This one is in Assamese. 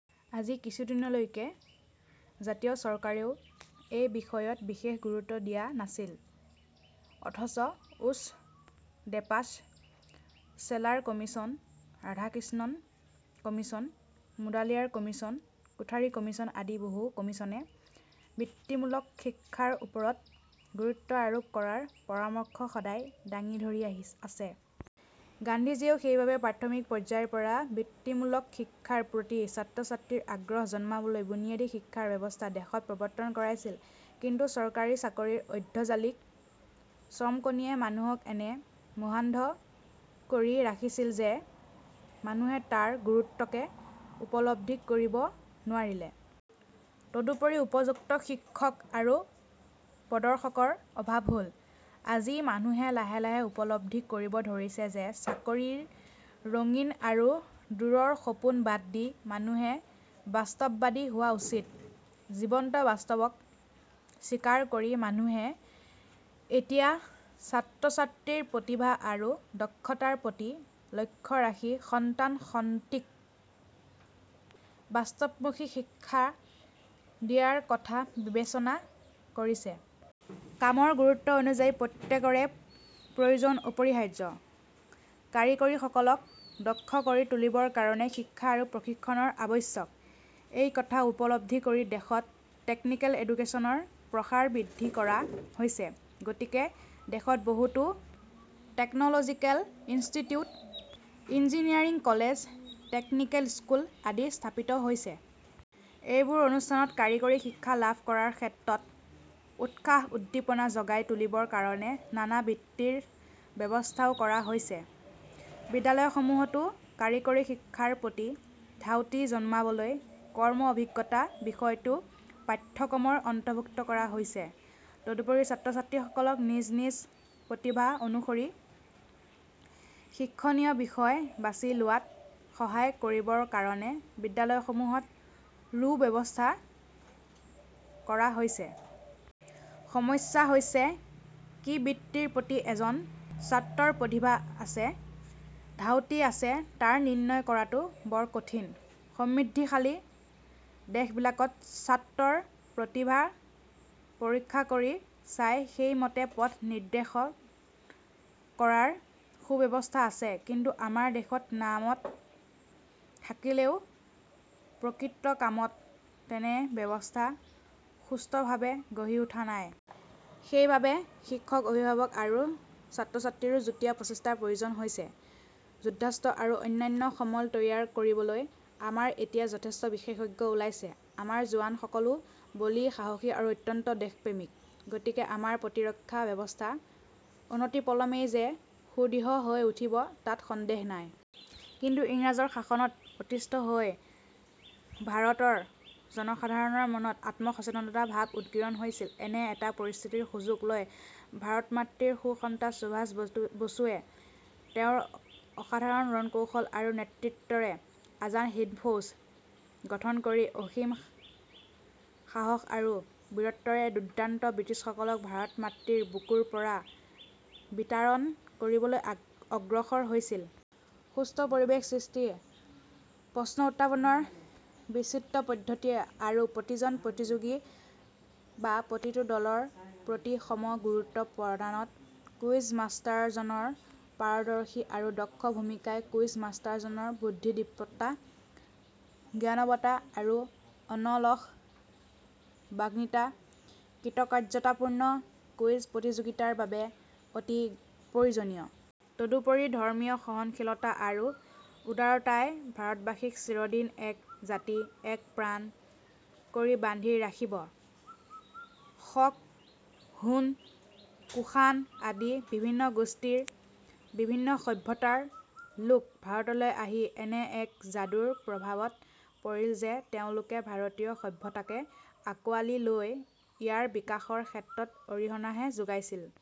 আজি কিছুদিনলৈকে জাতীয় চৰকাৰেও এই বিষয়ত বিশেষ গুৰুত্ব দিয়া নাছিল। অথচ উচ্ ডেপাছ্, চেলাৰ commission, Radhakrishnan commission, Mudaliar commission, Kothari commission আদি বহু কমিছনে বৃত্তিমূলক শিক্ষাৰ ওপৰত গুৰুত্ব আৰোপ কৰাৰ পৰামৰ্শ সদায় দাঙি ধৰি আহি আছে। গান্ধীজীয়েও সেইবাবে প্ৰাথমিক পৰ্যায়ৰপৰাই বৃত্তিমূলক শিক্ষাৰ প্ৰতি ছাত্ৰ-ছাত্ৰীৰ আগ্ৰহ জন্মাবলৈ বুনিয়াদী শিক্ষাৰ ব্যৱস্থা দেশত প্ৰৱৰ্তন কৰাইছিল। কিন্তু চৰকাৰী চাকৰিৰ ঐধজালিক চমকনিয়ে মানুহক এনে মোহান্ধ কৰি ৰাখিছিল যে মানুহে তাৰ গুৰুত্বকে উপলব্ধি কৰিব নোৱাৰিলে। তদুপৰি উপযুক্ত শিক্ষক আৰু প্ৰদৰ্শকৰ অভাৱ হ'ল। আজি মানুহে লাহে লাহে উপলব্ধি কৰিব ধৰিছে যে, চাকৰিৰ ৰঙীন আৰু দূৰৰ সপোন বাদ দি মানুহ বাস্তৱবাদী হোৱা উচিত। জীৱন্ত বাস্তৱক স্বীকাৰ কৰি মানুহে এতিয়া ছাত্ৰ-ছাত্ৰীৰ প্ৰতিভা আৰু দক্ষতাৰ প্ৰতি লক্ষ্য ৰাখি সন্তান-সনন্তিক বাস্তৱমুখী শিক্ষা দিয়াৰ কথা বিবেচনা কৰিছে। কামৰ গুৰুত্ব অনুযায়ী প্ৰত্যেকৰে প্ৰয়োজন অপৰিহাৰ্য। কাৰিকৰসকলক দক্ষ কৰি তুলিবৰ কাৰণে শিক্ষা আৰু প্ৰশিক্ষণৰ আৱশ্যক। এই কথা উপলব্ধি কৰি দেশত টেকনিকেল এডুকেছনৰ প্ৰসাৰ বৃদ্ধি কৰা হৈছে। গতিকে দেশত বহুতো technological institute, engineering college, technical school আদি স্থাপিত হৈছে। এইবোৰ অনুষ্ঠানত কাৰিকৰী শিক্ষা লাভ কৰাৰ ক্ষেত্ৰত উৎসাহ-উদ্দীপনা জগাই তুলিবৰ কাৰণে নানা বৃত্তিৰ ব্যৱস্থাও কৰা হৈছে। বিদ্যালয়সমূহতো কাৰিকৰী শিক্ষাৰ প্ৰতি ধাউতি জন্মাবলৈ কৰ্ম-অভিজ্ঞতা বিষয়টো পাঠ্যক্ৰমৰ অন্তৰ্ভুক্ত কৰা হৈছে। তদুপৰি ছাত্ৰ-ছাত্ৰীসকল নিজ নিজ প্ৰতিভা অনুসৰি শিক্ষণীয় বিষয় বাছি লোৱাত সহায় কৰিবৰ কাৰণে বিদ্যালয়সমূহত ৰো ব্যৱস্থা কৰা হৈছে। সমস্যা হৈছে কি বৃত্তিৰ প্ৰতি এজন ছাত্ৰৰ প্ৰতিভা আছে, ধাউতি আছে তাৰ নিৰ্ণয় কৰাটো বৰ কঠিন। সমৃদ্ধিশালী দেশবিলাকত ছাত্ৰৰ প্ৰতিভা পৰীক্ষা কৰি চাই সেই মতে পথ নিৰ্দেশ কৰাৰ সুব্যৱস্থা আছে; কিন্তু আমাৰ দেশত নামত থাকিলেও প্ৰকৃত কামত তেনে ব্যৱস্থা সুস্থভাৱে গঢ়ি উঠা নাই। সেই বাবে শিক্ষক, অভিভাৱক আৰু ছাত্ৰ-ছাত্ৰীৰো যুটীয়া প্ৰচেষ্টাৰ প্ৰয়োজন হৈছে। যুদ্ধাস্ত্ৰ আৰু অন্যান্য সমল তৈয়াৰ কৰিবলৈ আমাৰ এতিয়া যথেষ্ট বিশেষজ্ঞ ওলাইছে। আমাৰ জোৱানসকলো বলী, সাহসী আৰু অত্যন্ত দেশপ্ৰেমিক। গতিকে আমাৰ প্ৰতিৰক্ষা ব্যৱস্থা অনতিপলমেই যে সুদৃঢ় হৈ উঠিব তাত সন্দেহ নাই। কিন্তু ইংৰাজৰ শাসনত অতিষ্ঠ হৈ ভাৰতৰ জনসাধাৰণৰ মনত আত্মসচেতনতা ভাৱৰ উদগীৰণ হৈছিল। এনে এটা পৰিস্থিতিৰ সুযোগ লৈ ভাৰত-মাতৃৰ সুসন্তান সুভাষ বসুৱে তেওঁৰ অসাধাৰণ ৰণকৌশল আৰু নেতৃত্বৰে 'আজাদ হিন্দ ফৌজ' গঠন কৰি অসীম সাহস আৰু বীৰত্বৰে দুৰ্দান্ত বৃটিছসকলক ভাৰত মাতৃৰ বুকুৰ পৰা বিতাৰণ কৰিবলৈ অগ্ৰসৰ হৈছিল। সুস্থ পৰিৱেশ সৃষ্টি, প্ৰশ্ন উপস্থাপনৰ বিচিত্ৰ পদ্ধতি আৰু প্ৰতিজন প্ৰতিযােগী বা প্ৰতিটো দলৰ প্ৰতি সম গুৰুত্ব প্ৰদানত কুইজ মাষ্টাৰজনৰ পাৰদৰ্শী আৰু দক্ষ ভূমিকাই কুইজ মাষ্টাৰজনৰ বুদ্ধিদীপ্ততা, জ্ঞানৱতা আৰু অনলস বাগ্মিতা কৃতকাৰ্যতাপূৰ্ণ কুইজ প্ৰতিযােগিতাৰ বাবে অতি প্ৰয়ােজনীয়। তদুপৰি ধৰ্মীয় সহনশীলতা আৰু উদাৰতাই ভাৰতবাসীক চিৰদিন এক জাতি, এক প্ৰাণ কৰি বান্ধি ৰাখিব। শক, হুণ, কুশান আদি বিভিন্ন গােষ্ঠীৰ বিভিন্ন সভ্যতাৰ লােক ভাৰতলৈ আহি এনে এক যাদুৰ প্ৰভাৱত পৰিল যে তেওঁলােকে ভাৰতীয় সভ্যতাকে আঁকোৱালি লৈ, ইয়াৰ বিকাশৰ ক্ষেত্ৰত অৰিহণাহে যােগাইছিল।